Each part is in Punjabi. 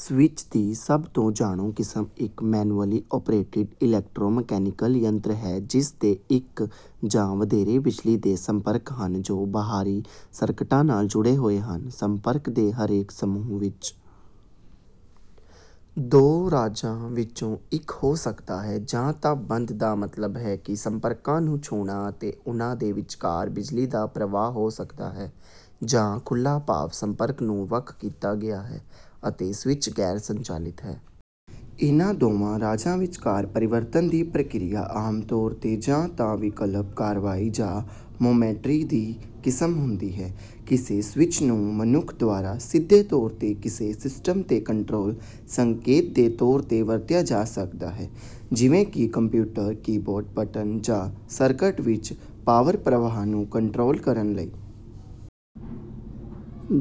ਸਵਿੱਚ ਦੀ ਸਭ ਤੋਂ ਜਾਣੂ ਕਿਸਮ ਇੱਕ ਮੈਨੂਅਲੀ ਓਪਰੇਟਿਡ ਇਲੈਕਟ੍ਰੋਮੈਕੈਨਿਕਲ ਯੰਤਰ ਹੈ ਜਿਸ ਦੇ ਇੱਕ ਜਾਂ ਵਧੇਰੇ ਬਿਜਲੀ ਦੇ ਸੰਪਰਕ ਹਨ, ਜੋ ਬਾਹਰੀ ਸਰਕਟਾਂ ਨਾਲ ਜੁੜੇ ਹੋਏ ਹਨ। ਸੰਪਰਕ ਦੇ ਹਰੇਕ ਸਮੂਹ ਵਿੱਚ ਦੋ ਰਾਜਾਂ ਵਿੱਚੋਂ ਇੱਕ ਹੋ ਸਕਦਾ ਹੈ: ਜਾਂ ਤਾਂ "ਬੰਦ" ਦਾ ਮਤਲਬ ਹੈ ਕਿ ਸੰਪਰਕਾਂ ਨੂੰ ਛੂਹਣਾ ਅਤੇ ਉਨ੍ਹਾਂ ਦੇ ਵਿਚਕਾਰ ਬਿਜਲੀ ਦਾ ਪ੍ਰਵਾਹ ਹੋ ਸਕਦਾ ਹੈ, ਜਾਂ "ਖੁੱਲ੍ਹਾ", ਭਾਵ ਸੰਪਰਕ ਨੂੰ ਵੱਖ ਕੀਤਾ ਗਿਆ ਹੈ ਅਤੇ ਸਵਿੱਚ ਗੈਰ ਸੰਚਾਲਿਤ ਹੈ। ਇਹਨਾਂ ਦੋਵਾਂ ਰਾਜਾਂ ਵਿਚਕਾਰ ਪਰਿਵਰਤਨ ਦੀ ਪ੍ਰਕਿਰਿਆ ਆਮ ਤੌਰ ਤੇ ਜਾਂ ਤਾਂ "ਵਿਕਲਪਕ ਕਾਰਵਾਈ" ਜਾਂ "ਮੋਮੈਂਟਰੀ" ਦੀ ਕਿਸਮ ਹੁੰਦੀ ਹੈ। ਕਿਸੇ ਸਵਿੱਚ ਨੂੰ ਮਨੁੱਖ ਦੁਆਰਾ ਸਿੱਧੇ ਤੌਰ ਤੇ ਕਿਸੇ ਸਿਸਟਮ ਤੇ ਕੰਟਰੋਲ ਸੰਕੇਤ ਦੇ ਤੌਰ ਤੇ ਵਰਤਿਆ ਜਾ ਸਕਦਾ ਹੈ, ਜਿਵੇਂ ਕਿ ਕੰਪਿਊਟਰ ਕੀਬੋਰਡ ਬਟਨ, ਜਾਂ ਸਰਕਟ ਵਿੱਚ ਪਾਵਰ ਪ੍ਰਵਾਹ ਨੂੰ ਕੰਟਰੋਲ ਕਰਨ ਲਈ।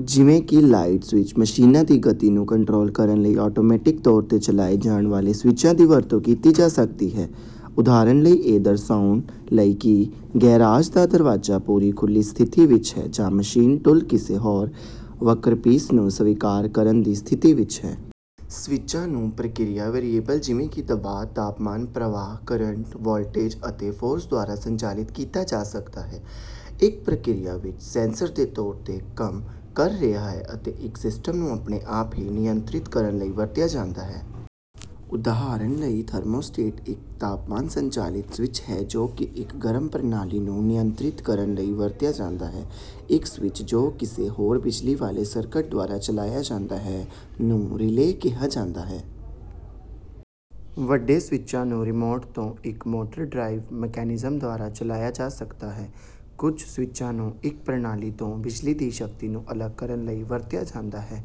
ਜਿਵੇਂ ਕਿ ਲਾਈਟ ਸਵਿਚ, ਮਸ਼ੀਨਾਂ ਦੀ ਗਤੀ ਨੂੰ ਕੰਟਰੋਲ ਕਰਨ ਲਈ ਆਟੋਮੈਟਿਕ ਤੌਰ ਤੇ ਚਲਾਏ ਜਾਣ ਵਾਲੇ ਸਵਿਚਾਂ ਦੀ ਵਰਤੋਂ ਕੀਤੀ ਜਾ ਸਕਦੀ ਹੈ, ਉਦਾਹਰਨ ਲਈ, ਇਹ ਦਰਸਾਉਣ ਲਈ ਕਿ ਗੈਰਾਜ ਦਾ ਦਰਵਾਜ਼ਾ ਪੂਰੀ ਖੁੱਲ੍ਹੀ ਸਥਿਤੀ ਵਿੱਚ ਹੈ ਜਾਂ ਮਸ਼ੀਨ ਟੂਲ ਕਿਸੇ ਹੋਰ ਵਰਕਪੀਸ ਨੂੰ ਸਵੀਕਾਰ ਕਰਨ ਦੀ ਸਥਿਤੀ ਵਿੱਚ ਹੈ। ਸਵਿੱਚਾਂ ਨੂੰ ਪ੍ਰਕਿਰਿਆ ਵੇਰੀਏਬਲ ਜਿਵੇਂ ਕਿ ਦਬਾਅ, ਤਾਪਮਾਨ, ਪ੍ਰਵਾਹ, ਕਰੰਟ, ਵੋਲਟੇਜ, ਅਤੇ ਫੋਰਸ ਦੁਆਰਾ ਸੰਚਾਲਿਤ ਕੀਤਾ ਜਾ ਸਕਦਾ ਹੈ, ਇੱਕ ਪ੍ਰਕਿਰਿਆ ਵਿੱਚ ਸੈਂਸਰ ਦੇ ਤੌਰ ਤੇ ਕੰਮ ਕਰ ਰਿਹਾ ਹੈ ਅਤੇ ਇੱਕ ਸਿਸਟਮ ਨੂੰ ਆਪਣੇ ਆਪ ਹੀ ਨਿਯੰਤਰਿਤ ਕਰਨ ਲਈ ਵਰਤਿਆ ਜਾਂਦਾ ਹੈ। ਉਦਾਹਰਨ ਲਈ, ਥਰਮੋਸਟੈਟ ਇੱਕ ਤਾਪਮਾਨ ਸੰਚਾਲਿਤ ਸਵਿੱਚ ਹੈ ਜੋ ਕਿ ਇੱਕ ਗਰਮ ਪ੍ਰਣਾਲੀ ਨੂੰ ਨਿਯੰਤਰਿਤ ਕਰਨ ਲਈ ਵਰਤਿਆ ਜਾਂਦਾ ਹੈ। ਇੱਕ ਸਵਿੱਚ ਜੋ ਕਿਸੇ ਹੋਰ ਬਿਜਲੀ ਵਾਲੇ ਸਰਕਟ ਦੁਆਰਾ ਚਲਾਇਆ ਜਾਂਦਾ ਹੈ ਨੂੰ ਰਿਲੇਅ ਕਿਹਾ ਜਾਂਦਾ ਹੈ। ਵੱਡੇ ਸਵਿੱਚਾਂ ਨੂੰ ਰਿਮੋਟ ਤੋਂ ਇੱਕ ਮੋਟਰ ਡਰਾਈਵ ਮਕੈਨਿਜ਼ਮ ਦੁਆਰਾ ਚਲਾਇਆ ਜਾ ਸਕਦਾ ਹੈ। ਕੁਝ ਸਵਿੱਚਾਂ ਨੂੰ ਇੱਕ ਪ੍ਰਣਾਲੀ ਤੋਂ ਬਿਜਲੀ ਦੀ ਸ਼ਕਤੀ ਨੂੰ ਅਲੱਗ ਕਰਨ ਲਈ ਵਰਤਿਆ ਜਾਂਦਾ ਹੈ,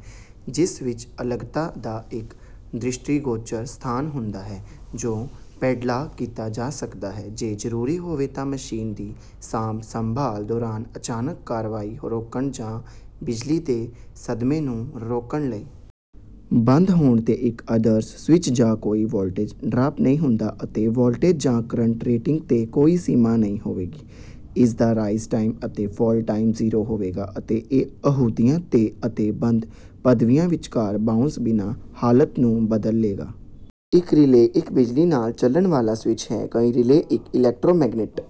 ਜਿਸ ਵਿੱਚ ਅਲੱਗਤਾ ਦਾ ਇੱਕ ਦ੍ਰਿਸ਼ਟੀਗੋਚਰ ਸਥਾਨ ਹੁੰਦਾ ਹੈ ਜੋ ਪੈਡਲਾਕ ਕੀਤਾ ਜਾ ਸਕਦਾ ਹੈ ਜੇ ਜ਼ਰੂਰੀ ਹੋਵੇ ਤਾਂ ਮਸ਼ੀਨ ਦੀ ਸਾਂਭ ਸੰਭਾਲ ਦੌਰਾਨ ਅਚਾਨਕ ਕਾਰਵਾਈ ਰੋਕਣ, ਜਾਂ ਬਿਜਲੀ ਦੇ ਸਦਮੇ ਨੂੰ ਰੋਕਣ ਲਈ। ਬੰਦ ਹੋਣ ਤੇ ਇੱਕ ਆਦਰਸ਼ ਸਵਿੱਚ ਦਾ ਕੋਈ ਵੋਲਟੇਜ ਡਰਾਪ ਨਹੀਂ ਹੁੰਦਾ, ਅਤੇ ਵੋਲਟੇਜ ਜਾਂ ਕਰੰਟ ਰੇਟਿੰਗ ਤੇ ਕੋਈ ਸੀਮਾ ਨਹੀਂ ਹੋਵੇਗੀ। ਇਸ ਦਾ ਰਾਈਜ਼ ਟਾਈਮ ਅਤੇ ਫਾਲ ਟਾਈਮ ਜ਼ੀਰੋ ਹੋਵੇਗਾ, ਅਤੇ ਇਹ ਅਹੁਦਿਆਂ ਤੇ ਅਤੇ ਬੰਦ ਪਦਵੀਆਂ ਵਿਚਕਾਰ "ਬਾਊਂਸ" ਬਿਨਾਂ ਹਾਲਤ ਨੂੰ ਬਦਲੇਗਾ। ਇੱਕ ਰਿਲੇਅ ਇੱਕ ਬਿਜਲੀ ਨਾਲ ਚੱਲਣ ਵਾਲਾ ਸਵਿੱਚ ਹੈ। ਕਈ ਰਿਲੇਅ ਇੱਕ ਇਲੈਕਟ੍ਰੋਮੈਗਨੈਟ